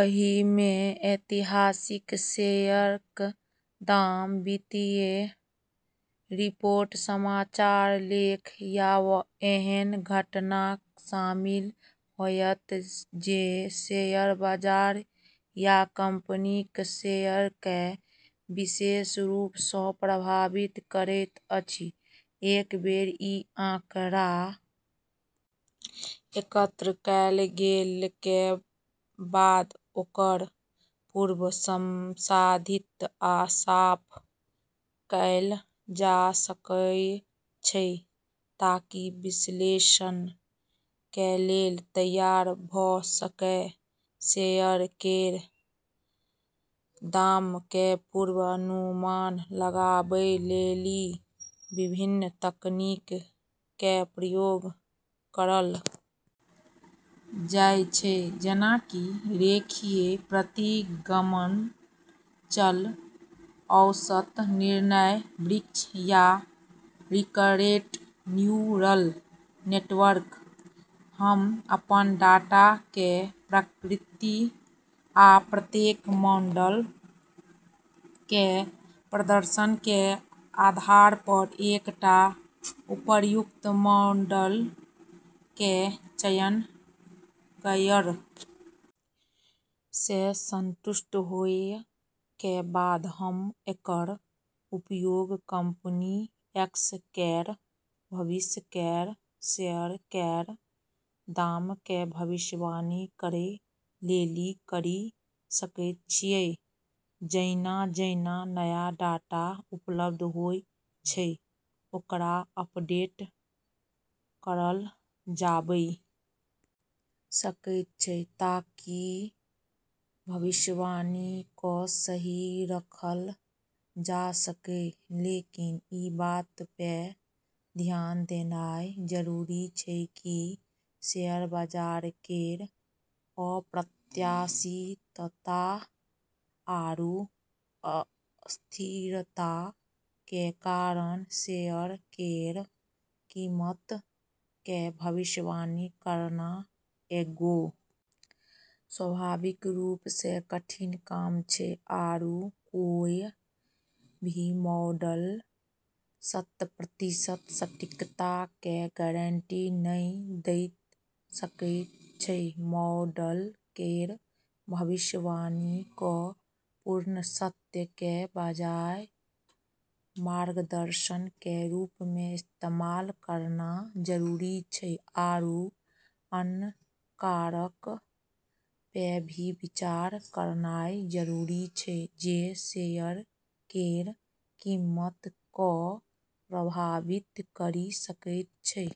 एहि मे ऐतिहासिक शेयर क दाम, वित्तीय रिपोर्ट, समाचार लेख या एहन घटना शामिल होएत जे शेयर बाजार या कंपनी क शेयर कए विशेष रूप स प्रभावित करैत अछि, एक बेर इ आंकड़ा एकत्र कैल गेलाक कें बाद ओकरा पूर्व संसाधित आ साफ कैल जा सकय छै ताकि विश्लेषण कें लेल तैयार भ सकय, शेयर केरऽ दाम के पूर्वानुमान लगाबै लेली विभिन्न तकनीक के प्रयोग करलऽ जाय छै, जेना कि रेखीय प्रतिगमन, चल औसत, निर्णय वृक्ष या रिकरेंट न्यूरल नेटवर्क, हम अपन डाटा कें प्रकृति आ प्रत्येक मॉडल कें प्रदर्शन कें आधार पर एकटा उपयुक्त मॉडल कें चयन कयर से संतुष्ट होय के बाद हम्म एकरऽ उपयोग कंपनी एक्स केरऽ भविष्य केरऽ शेयर केरऽ दाम के भविष्यवाणी करै लेली करी सकै छियै जैना-जैना नया डाटा उपलब्ध होय छै ओकरा अपडेट करलऽ जाबै सकै छै ताकि भविष्यवाणी क सही रखलऽ जाय सकै, लेकिन ई बात पे ध्यान देनाय जरूरी छै कि शेयर बाजार केरऽ अप्रत्याशितता आरू अस्थिरता के कारण शेयर केरऽ कीमत के भविष्यवाणी करना एगो स्वाभाविक रूप से कठिन काम छै, आरू कोय भी मॉडल शत प्रतिशत सटीकता के गारंटी नै दै सकै छै, मॉडल केरऽ भविष्यवाणी क पूर्ण सत्य के बजाय मार्गदर्शन के रूप मे इस्तेमाल करना जरूरी छै आरू अन्य कारकऽ पे भी विचार करनाय जरूरी छै जे शेयर केरऽ कीमत क प्रभावित करी सकै छै।